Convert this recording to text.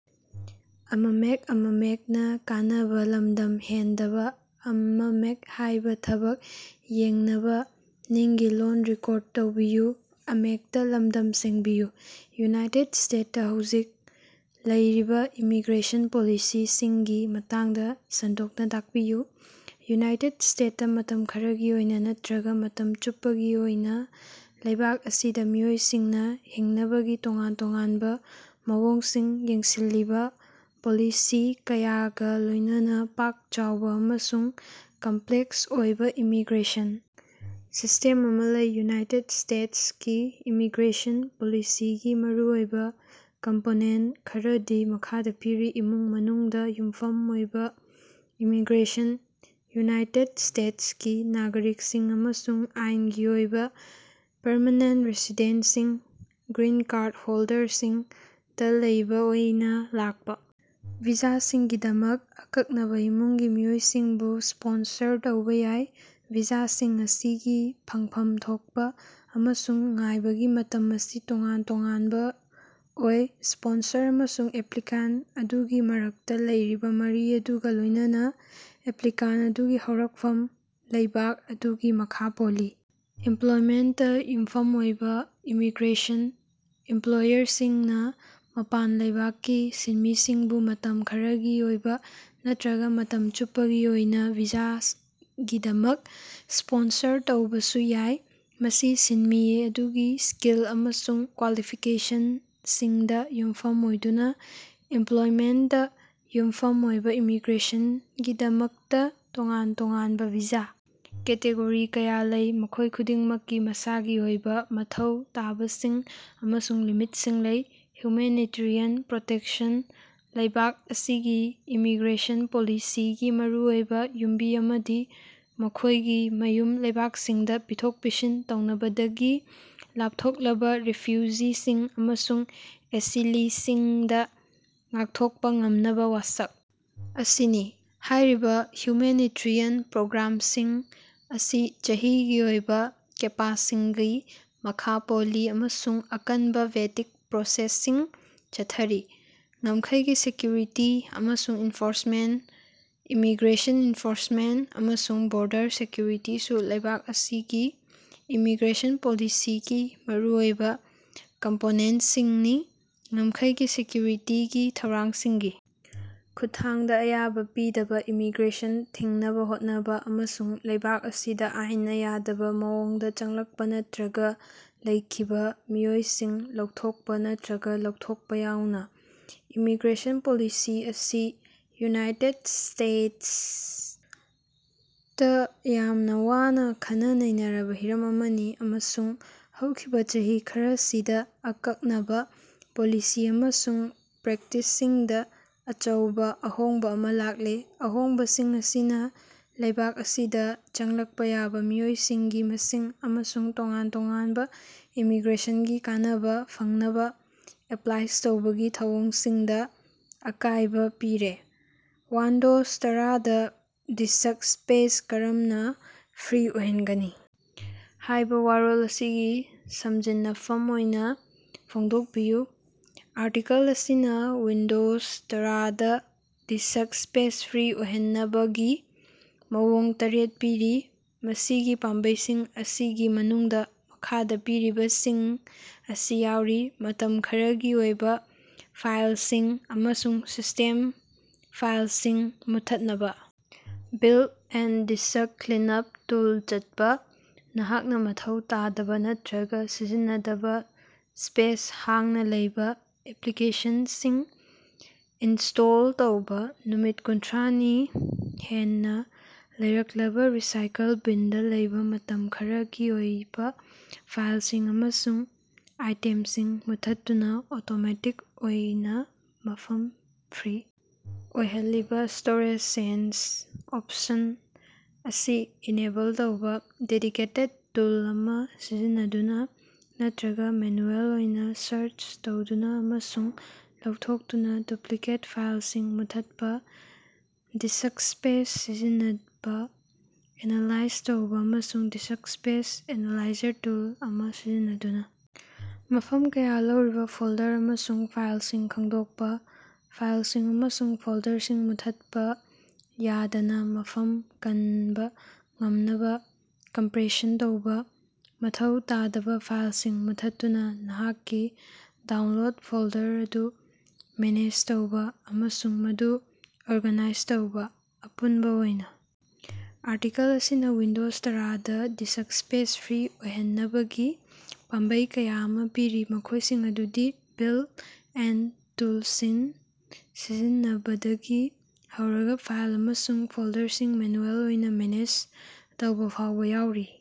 United ꯁ꯭ꯇꯦꯠꯁꯇ ꯍꯧꯖꯤꯛ ꯂꯩꯔꯤꯕ ꯏꯃꯤꯒ꯭ꯔꯦꯁꯟ ꯄꯣꯂꯤꯁꯤꯁꯤꯡꯒꯤ ꯃꯇꯥꯡꯗ ꯁꯟꯗꯣꯛꯅ ꯇꯥꯛꯄꯤꯌꯨ꯫ ꯌꯨꯅꯥꯏꯇꯦꯗ ꯁ꯭ꯇꯦꯠꯁꯇ ꯃꯇꯝ ꯈꯔꯒꯤ ꯑꯣꯏꯅ ꯅꯠꯇ꯭ꯔꯒ ꯃꯇꯝ ꯆꯨꯞꯄꯒꯤ ꯑꯣꯏꯅ ꯂꯩꯕꯥꯛ ꯑꯁꯤꯗ ꯃꯤꯑꯣꯏꯁꯤꯡꯅ ꯍꯤꯡꯅꯕꯒꯤ ꯇꯣꯉꯥꯟ-ꯇꯣꯉꯥꯟꯕ ꯃꯑꯣꯡꯁꯤꯡ ꯌꯦꯡꯁꯤꯜꯂꯤꯕ ꯄꯣꯂꯤꯁꯤ ꯀꯌꯥꯒ ꯂꯣꯏꯅꯅ ꯄꯥꯛ-ꯆꯥꯎꯕ ꯑꯃꯁꯨꯡ ꯀꯝꯄ꯭ꯂꯦꯛꯁ ꯑꯣꯏꯕ ꯏꯃꯤꯒ꯭ꯔꯦꯁꯟ ꯁꯤꯁꯇꯦꯝ ꯑꯃ ꯂꯩ꯫ ꯌꯨꯅꯥꯏꯇꯦꯠ ꯏꯁꯇꯦꯠꯁ ꯀꯤ ꯏꯃꯤꯒ꯭ꯔꯦꯁꯟ ꯄꯣꯂꯤꯁꯤꯒꯤ ꯃꯔꯨꯑꯣꯏꯕ ꯀꯝꯄꯣꯅꯦꯟꯇ ꯈꯔꯗꯤ ꯃꯈꯥꯗ ꯄꯤꯔꯤ: ꯏꯃꯨꯡ-ꯃꯅꯨꯡꯗ ꯌꯨꯝꯐꯝ ꯑꯣꯏꯕ ꯏꯃꯤꯒ꯭ꯔꯦꯁꯟ: ꯌꯨꯅꯥꯏꯇꯦꯗ ꯏꯁꯇꯦꯠꯁ ꯀꯤ ꯅꯥꯒꯔꯤꯛꯁꯤꯡ ꯑꯃꯁꯨꯡ ꯑꯥꯏꯟꯒꯤ ꯑꯣꯏꯕ ꯄꯔꯃꯦꯅꯦꯟꯇ ꯔꯦꯁꯤꯗꯦꯟꯇꯁꯤꯡ (ꯒ꯭ꯔꯤꯟ ꯀꯥꯔꯗ ꯍꯣꯜꯗꯔꯁꯤꯡ) ꯇꯥ ꯂꯩꯕ ꯑꯣꯏꯅ ꯂꯥꯛꯄ ꯚꯤꯖꯥꯁꯤꯡꯒꯤꯗꯃꯛ ꯑꯀꯛꯅꯕ ꯏꯃꯨꯡꯒꯤ ꯃꯤꯑꯣꯏꯁꯤꯡꯕꯨ ꯁ꯭ꯄꯣꯟꯁꯔ ꯇꯧꯕ ꯌꯥꯏ ꯚꯤꯖꯥꯁꯤꯡ ꯑꯁꯤꯒꯤ ꯐꯪꯐꯝ ꯊꯣꯛꯄ ꯑꯃꯁꯨꯡ ꯉꯥꯏꯕꯒꯤ ꯃꯇꯝ ꯑꯁꯤ ꯇꯣꯉꯥꯟ-ꯇꯣꯉꯥꯟꯕ ꯑꯣꯏ꯫ ꯁ꯭ꯄꯣꯟꯁꯔ ꯑꯃꯁꯨꯡ ꯑꯦꯄ꯭ꯂꯤꯀꯥꯟꯇ ꯑꯗꯨꯒꯤ ꯃꯔꯛꯇ ꯂꯩꯔꯤꯕ ꯃꯔꯤ ꯑꯗꯨꯒ ꯂꯣꯏꯅꯅ ꯑꯦꯄ꯭ꯂꯤꯀꯥꯟꯇ ꯑꯗꯨꯒꯤ ꯍꯧꯔꯛꯐꯝ ꯂꯩꯕꯥꯛ ꯑꯗꯨꯒꯤ ꯃꯈ ꯄꯣꯜꯂꯤ꯫ ꯏꯝꯄ꯭ꯂꯣꯏꯃꯦꯟꯇꯇꯥ ꯌꯨꯝꯐꯝ ꯑꯣꯏꯕ ꯏꯃꯤꯒ꯭ꯔꯦꯁꯟ: ꯏꯝꯄ꯭ꯂꯣꯌꯔꯁꯤꯡꯅ ꯃꯄꯥꯟ ꯂꯩꯕꯥꯛꯀꯤ ꯁꯤꯟꯃꯤꯁꯤꯡꯕꯨ ꯃꯇꯝ ꯈꯔꯒꯤ ꯑꯣꯏꯕ ꯅꯠꯇ꯭ꯔꯒ ꯃꯇꯝ ꯆꯨꯞꯄꯒꯤ ꯑꯣꯏꯅ ꯚꯤꯖꯥꯒꯤꯗꯃꯛ ꯁ꯭ꯄꯣꯟꯁꯔ ꯇꯧꯕꯁꯨ ꯌꯥꯏ, ꯃꯁꯤ ꯁꯤꯟꯃꯤ ꯑꯗꯨꯒꯤ ꯁ꯭ꯀꯤꯜ ꯑꯃꯁꯨꯡ ꯀ꯭ꯋꯥꯂꯤꯐꯤꯀꯦꯁꯟꯁꯤꯡꯗ ꯌꯨꯝꯐꯝ ꯑꯣꯏꯗꯨꯅ꯫ ꯏꯝꯄ꯭ꯂꯣꯏꯃꯦꯟꯇꯇꯥ ꯌꯨꯝꯐꯝ ꯑꯣꯏꯕ ꯏꯃꯤꯒ꯭ꯔꯦꯁꯟꯒꯤꯗꯃꯛꯇꯥ ꯇꯣꯉꯥꯟ-ꯇꯣꯉꯥꯟꯕ ꯚꯤꯖꯥ ꯀꯦꯇꯦꯒꯣꯔꯤ ꯀꯌꯥ ꯂꯩ, ꯃꯈꯣꯏ ꯈꯨꯗꯤꯡꯃꯛꯀꯤ ꯃꯁꯥꯒꯤ ꯑꯣꯏꯕ ꯃꯊꯧ ꯇꯥꯕꯁꯤꯡ ꯑꯃꯁꯨꯡ ꯂꯤꯃꯤꯠꯁꯤꯡ ꯂꯩ꯫ ꯍ꯭ꯌꯨꯃꯦꯅꯤꯇꯔꯤꯌꯥꯟ ꯄ꯭ꯔꯣꯇꯦꯛꯁꯟ: ꯂꯩꯕꯥꯛ ꯑꯁꯤꯒꯤ ꯏꯃꯤꯒ꯭ꯔꯦꯁꯟ ꯄꯣꯂꯤꯁꯤꯒꯤ ꯃꯔꯨꯑꯣꯏꯕ ꯌꯨꯝꯕꯤ ꯑꯃꯗꯤ ꯃꯈꯣꯏꯒꯤ ꯃꯌꯨꯝ ꯂꯩꯕꯥꯛꯁꯤꯡꯗ ꯄꯤꯊꯣꯛ-ꯄꯤꯁꯤꯟ ꯇꯧꯅꯕꯗꯒꯤ ꯂꯥꯞꯊꯣꯛꯂꯕ ꯔꯤꯐ꯭ꯌꯨꯖꯤꯁꯤꯡ ꯑꯃꯁꯨꯡ ꯑꯦꯁꯤꯂꯤꯁꯤꯡꯗꯥ ꯉꯥꯛꯊꯣꯛꯄ ꯉꯝꯅꯕ ꯋꯥꯁꯛ ꯑꯁꯤꯅꯤ꯫ ꯍꯥꯏꯔꯤꯕ ꯍ꯭ꯌꯨꯃꯦꯅꯤꯇꯔꯤꯌꯥꯟ ꯄ꯭ꯔꯣꯒ꯭ꯔꯥꯝꯁꯤꯡ ꯑꯁꯤ ꯆꯍꯤꯒꯤ ꯑꯣꯏꯕ ꯀꯦꯄꯥꯁꯤꯡꯒꯤ ꯃꯈꯥ ꯄꯣꯜꯂꯤ ꯑꯃꯁꯨꯡ ꯑꯀꯟꯕ ꯚꯦꯇꯤꯡ ꯄ꯭ꯔꯣꯁꯦꯁꯁꯤꯡ ꯆꯠꯊꯔꯤ꯫ ꯉꯝꯈꯩꯒꯤ ꯁꯦꯀ꯭ꯌꯨꯔꯤꯇꯤ ꯑꯃꯁꯨꯡ ꯏꯟꯐꯣꯔꯁꯃꯦꯟꯇ: ꯏꯃꯤꯒ꯭ꯔꯦꯁꯟ ꯏꯟꯐꯣꯔꯁꯃꯦꯟꯇ ꯑꯃꯁꯨꯡ ꯕꯣꯔꯗꯔ ꯁꯦꯀ꯭ꯌꯨꯔꯤꯇꯤꯁꯨ ꯂꯩꯕꯥꯛ ꯑꯁꯤꯒꯤ ꯏꯃꯤꯒ꯭ꯔꯦꯁꯟ ꯄꯣꯂꯤꯁꯤꯒꯤ ꯃꯔꯨꯑꯣꯏꯕ ꯀꯝꯄꯣꯅꯦꯟꯇꯁꯤꯡꯅꯤ꯫ ꯉꯝꯈꯩꯒꯤ ꯁꯦꯀ꯭ꯌꯨꯔꯤꯇꯤꯒꯤ ꯊꯧꯔꯥꯡꯁꯤꯡꯒꯤ ꯈꯨꯠꯊꯥꯡꯗ ꯑꯌꯥꯕ ꯄꯤꯗꯕ ꯏꯃꯤꯒ꯭ꯔꯦꯁꯟ ꯊꯤꯡꯅꯕ ꯍꯣꯠꯅꯕ, ꯑꯃꯁꯨꯡ ꯂꯩꯕꯥꯛ ꯑꯁꯤꯗ ꯑꯥꯏꯟꯅ ꯌꯥꯗꯕ ꯃꯑꯣꯡꯗꯥ ꯆꯪꯂꯛꯄ ꯅꯠꯇ꯭ꯔꯒ ꯂꯩꯈꯤꯕ ꯃꯤꯑꯣꯏꯁꯤꯡ ꯂꯧꯊꯣꯛꯄ ꯅꯠꯇ꯭ꯔꯒ ꯂꯧꯊꯣꯛꯄ ꯌꯥꯎꯅ꯫ ꯏꯃꯤꯒ꯭ꯔꯦꯁꯟ ꯄꯣꯂꯤꯁꯤ ꯑꯁꯤ ꯌꯨꯅꯥꯏꯇꯦꯗ ꯁ꯭ꯇꯦꯇꯁꯇ ꯌꯥꯝꯅ ꯋꯥꯅ ꯈꯟꯅ-ꯅꯩꯅꯔꯕ ꯍꯤꯔꯝ ꯑꯃꯅꯤ, ꯑꯃꯁꯨꯡ ꯍꯧꯈꯤꯕ ꯆꯍꯤ ꯈꯔꯁꯤꯗ ꯑꯀꯛꯅꯕ ꯄꯣꯂꯤꯁꯤ ꯑꯃꯁꯨꯡ ꯄ꯭ꯔꯦꯛꯇꯤꯁꯁꯤꯡꯗ ꯑꯆꯧꯕ ꯑꯍꯣꯡꯕ ꯑꯃ ꯂꯥꯛꯂꯦ꯫ ꯑꯍꯣꯡꯕꯁꯤꯡ ꯑꯁꯤꯅ ꯂꯩꯕꯥꯛ ꯑꯁꯤꯗ ꯆꯪꯂꯛꯄ ꯌꯥꯕ ꯃꯤꯑꯣꯏꯁꯤꯡꯒꯤ ꯃꯁꯤꯡ ꯑꯃꯁꯨꯡ ꯇꯣꯉꯥꯟ ꯇꯣꯉꯥꯟꯕ ꯏꯃꯤꯒ꯭ꯔꯦꯁꯟꯒꯤ ꯀꯥꯟꯅꯕ ꯐꯪꯅꯕ ꯑꯦꯄ꯭ꯂꯥꯏ ꯇꯧꯕꯒꯤ ꯊꯧꯑꯣꯡꯁꯤꯡꯗ ꯑꯀꯥꯏꯕ ꯄꯤꯔꯦ꯫ "ꯋꯥꯟꯗꯣꯖ ꯇꯔꯥꯗ ꯗꯤꯁ꯭ꯛ ꯁ꯭ꯄꯦꯁ ꯀꯔꯝꯅ ꯐ꯭ꯔꯤ ꯑꯣꯏꯍꯟꯒꯅꯤ?" ꯍꯥꯏꯕ ꯋꯥꯔꯣꯜ ꯑꯁꯤꯒꯤ ꯁꯝꯖꯤꯟꯅꯐꯝ ꯑꯣꯏꯅ ꯐꯣꯡꯗꯣꯛꯄꯤꯌꯨ꯫ ꯑꯥꯔꯇꯤꯀꯜ ꯑꯁꯤꯅ ꯋꯤꯟꯗꯣꯖ ꯇꯔꯥꯗ ꯗꯤꯁ꯭ꯛ ꯁ꯭ꯄꯦꯁ ꯐ꯭ꯔꯤ ꯑꯣꯏꯍꯟꯅꯕꯒꯤ ꯃꯑꯣꯡ ꯇꯔꯦꯠ ꯄꯤꯔꯤ, ꯃꯁꯤꯒꯤ ꯄꯥꯝꯕꯩꯁꯤꯡ ꯑꯁꯤꯒꯤ ꯃꯅꯨꯡꯗ ꯃꯈꯥꯗ ꯄꯤꯔꯤꯕꯁꯤꯡ ꯑꯁꯤ ꯌꯥꯎꯔꯤ: ꯃꯇꯝ ꯈꯔꯒꯤ ꯑꯣꯏꯕ ꯐꯥꯏꯜꯁꯤꯡ ꯑꯃꯁꯨꯡ ꯁꯤꯁ꯭ꯇꯦꯝ ꯐꯥꯏꯜꯁꯤꯡ ꯃꯨꯠꯊꯠꯅꯕ ꯕꯤꯜꯇ-ꯏꯟ ꯗꯤꯁ꯭ꯛ ꯀ꯭ꯂꯤꯟꯑꯞ ꯇꯨꯜ ꯆꯠꯄ꯫ ꯅꯍꯥꯛꯅ ꯃꯊꯧ ꯇꯥꯗꯕ ꯅꯠꯇꯔꯒ ꯁꯤꯖꯤꯟꯅꯗꯕ ꯁ꯭ꯄꯦꯁ-ꯍꯥꯡꯅ ꯂꯩꯕ ꯑꯦꯄ꯭ꯂꯤꯀꯦꯁꯟꯁꯤꯡ ꯑꯟꯏꯟꯁꯇꯣꯜ ꯇꯧꯕ꯫ ꯅꯨꯃꯤꯠ ꯀꯨꯟꯊ꯭ꯔꯥꯅꯤ ꯍꯦꯟꯅ ꯂꯩꯔꯛꯂꯕ ꯔꯤꯁꯥꯏꯀꯜ ꯕꯤꯟꯗ ꯂꯩꯕ ꯃꯇꯝ ꯈꯔꯒꯤ ꯑꯣꯏꯕ ꯐꯥꯏꯜꯁꯤꯡ ꯑꯃꯁꯨꯡ ꯑꯥꯏꯇꯦꯝꯁꯤꯡ ꯃꯨꯠꯊꯠꯇꯨꯅ ꯑꯣꯇꯣꯃꯦꯇꯤꯛ ꯑꯣꯏꯅ ꯃꯐꯝ ꯐ꯭ꯔꯤ ꯑꯣꯏꯍꯜꯂꯤꯕ ꯁ꯭ꯇꯣꯔꯦꯖ ꯁꯦꯟꯁ ꯑꯣꯞꯁꯟ ꯑꯁꯤ ꯏꯅꯦꯕꯜ ꯇꯧꯕ꯫ ꯗꯦꯗꯤꯀꯦꯇꯦꯗ ꯇꯨꯜ ꯑꯃ ꯁꯤꯖꯤꯟꯅꯗꯨꯅ ꯅꯠꯇ꯭ꯔꯒ ꯃꯦꯅꯨꯑꯦꯜ ꯑꯣꯏꯅ ꯁꯥꯔꯆ ꯇꯧꯗꯨꯅ ꯑꯃꯁꯨꯡ ꯂꯧꯊꯣꯛꯇꯨꯅ ꯗꯨꯄ꯭ꯂꯤꯀꯦꯠ ꯐꯥꯏꯜꯁꯤꯡ ꯃꯨꯠꯊꯠꯄ꯫ ꯗꯤꯁ꯭ꯛ ꯁ꯭ꯄꯦꯁ ꯁꯤꯖꯤꯟꯅꯕ ꯑꯦꯅꯥꯂꯥꯏꯖ ꯇꯧꯕ ꯑꯃꯁꯨꯡ ꯗꯤꯁ꯭ꯛ ꯁ꯭ꯄꯦꯁ ꯑꯦꯅꯥꯂꯥꯏꯖꯔ ꯇꯨꯜ ꯑꯃ ꯁꯤꯖꯤꯟꯅꯗꯨꯅ ꯃꯐꯝ ꯀꯌ ꯂꯧꯔꯤꯕ ꯐꯣꯜꯗꯔ ꯑꯃꯁꯨꯡ ꯐꯥꯏꯜꯁꯤꯡ ꯈꯪꯗꯣꯛꯄ꯫ ꯐꯥꯏꯜꯁꯤꯡ ꯑꯃꯁꯨꯡ ꯐꯣꯜꯗꯔꯁꯤꯡ ꯃꯨꯠꯊꯠꯄ ꯌꯥꯗꯅ ꯃꯐꯝ ꯀꯟꯕ ꯉꯝꯅꯕ ꯀꯝꯄ꯭ꯔꯦꯁꯟ ꯇꯧꯕ꯫ ꯃꯊꯧ ꯇꯥꯗꯕ ꯐꯥꯏꯜꯁꯤꯡ ꯃꯨꯠꯊꯠꯇꯨꯅ ꯅꯍꯥꯛꯀꯤ ꯗꯥꯎꯟꯂꯣꯗ ꯐꯣꯜꯗꯔ ꯑꯗꯨ ꯃꯦꯅꯦꯖ ꯇꯧꯕ ꯑꯃꯁꯨꯡ ꯃꯗꯨ ꯑꯣꯔꯒꯥꯅꯥꯏꯖ ꯇꯧꯕ꯫ ꯑꯄꯨꯟꯕ ꯑꯣꯏꯅ ꯑꯥꯔꯇꯤꯀꯜ ꯑꯁꯤꯅ ꯋꯤꯟꯗꯣꯖ ꯇꯔꯥꯗ ꯗꯤꯁ꯭ꯛ ꯁ꯭ꯄꯦꯁ ꯐ꯭ꯔꯤ ꯑꯣꯏꯍꯟꯅꯕꯒꯤ ꯄꯥꯝꯕꯩ ꯀꯌ ꯑꯃ ꯄꯤꯔꯤ, ꯃꯈꯣꯏꯁꯤꯡ ꯑꯗꯨꯗꯤ ꯕꯤꯜꯇ-ꯏꯟ ꯇꯨꯜꯁꯤꯡ ꯁꯤꯖꯤꯟꯅꯕꯗꯒꯤ ꯍꯧꯔꯒ ꯐꯥꯏꯜ ꯑꯃꯁꯨꯡ ꯐꯣꯜꯗꯔꯁꯤꯡ ꯃꯦꯅꯨꯑꯦꯜ ꯑꯣꯏꯅ ꯃꯦꯅꯦꯖ ꯇꯧꯕꯐꯥꯎꯕ ꯌꯥꯎꯔꯤ꯫